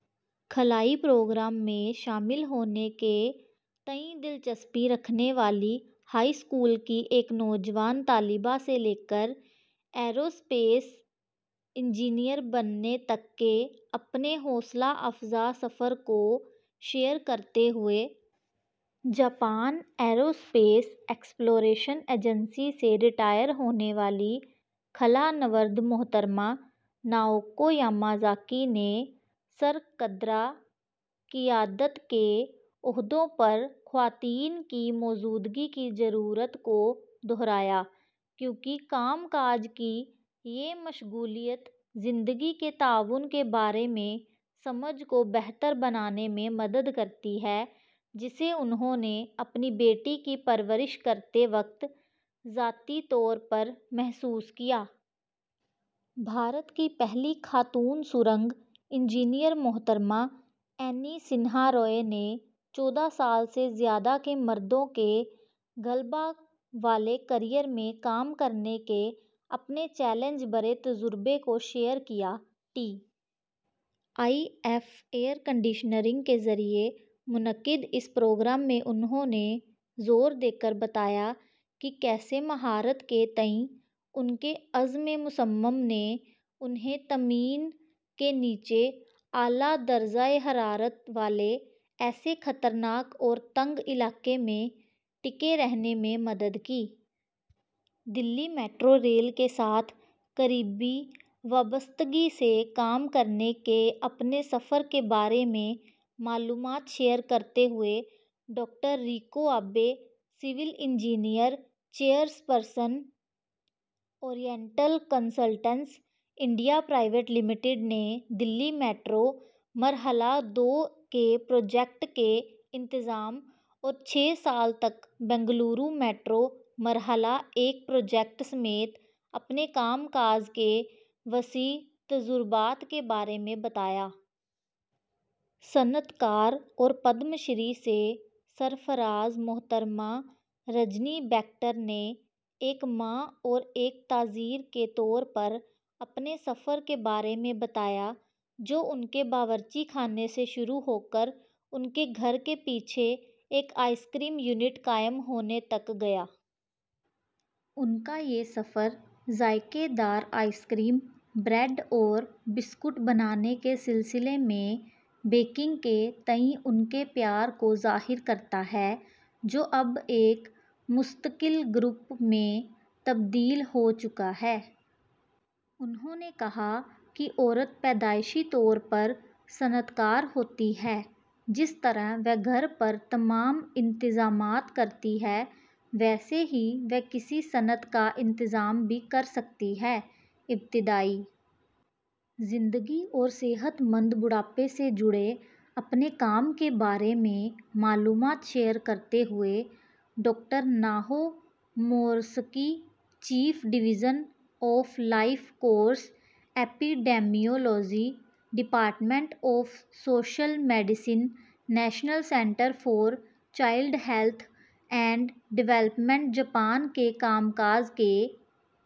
خلائی پروگرام میں شامل ہونے کے تئیں دلچسپی رکھنے والی ہائی اسکول کی ایک نوجوان طالبہ سے لے کر ایرو اسپیس انجینئر بننے تک کے اپنے حوصلہ افزا سفر کو شیئر کرتے ہوئے Japan aerospace exploration agency سے ریٹائر ہونے والی خلا نورد محترمہ ناؤکو یاماجاکی نے سرکردہ قیادت کے عہدوں پر خواتین کی موجودگی کی ضرورت کو دہرایا، کیونکہ کام کاج کی یہ مصروفیت زندگی کے توازن کے بارے میں سمجھ کو بہتر بنانے میں مدد کرتی ہے، جسے انہوں نے اپنی بیٹی کی پرورش کرتے وقت ذاتی طور پر محسوس کیا۔ بھارت کی پہلی خاتون سرنگ انجینئر محترمہ اینی سنہا رائے نے چودہ سال سے زیادہ کے مردوں کے غلبہ والے کیریئر میں کام کرنے کے اپنے چیلنج بھرے تجربے کو شیئر کیا۔ T I F A C کے ذریعے منعقد اس پروگرام میں انہوں نے زور دے کر بتایا کہ کیسے مہارت کے تئیں ان کے عزم مصمم نے انہیں زمین کے نیچے اعلیٰ درجہ حرارت والے ایسے خطرناک اور تنگ علاقے میں ٹکے رہنے میں مدد کی۔ دہلی میٹرو ریل کے ساتھ قریبی وابستگی سے کام کرنے کے اپنے سفر کے بارے میں معلومات شیئر کرتے ہوئے doctor Riko Abe, civil engineer, chairperson, oriental consultants India private limited نے دہلی میٹرو مرحلہ دو کے پروجیکٹ کے انتظام اور چھ سال تک بنگلور میٹرو مرحلہ ایک پروجیکٹ سمیت اپنے کام کاج کے وسیع تجربات کے بارے میں بتایا۔ صنعت کار اور پدم شری سے سرفراز محترمہ رجنی بیکٹر نے ایک ماں اور ایک تاجر کے طور پر اپنے سفر کے بارے میں بتایا، جو ان کے باورچی خانے سے شروع ہو کر ان کے گھر کے پیچھے ایک آئس کریم یونٹ قائم ہونے تک گیا۔ ان کا یہ سفر ذائقہ دار آئس کریم، بریڈ اور بسکٹ بنانے کے سلسلے میں بیکنگ کے تئیں ان کے پیار کو ظاہر کرتا ہے، جو اب ایک مستقل گروپ میں تبدیل ہو چکا ہے۔ انہوں نے کہا کہ عورت پیدائشی طور پر صنعت کار ہوتی ہے۔ جس طرح وہ گھر پر تمام انتظامات کرتی ہیں، ویسے ہی وہ کسی صنعت کا انتظام بھی کر سکتی ہیں۔ ابتدائی زندگی اور صحت مند بڑھاپے سے جڑے اپنے کام کے بارے میں معلومات شیئر کرتے ہوئے doctor Naho Morisaki, chief, division of life course epidemiology, department of social medicine, national centre for child health and development, Japan نے کام کاج کے...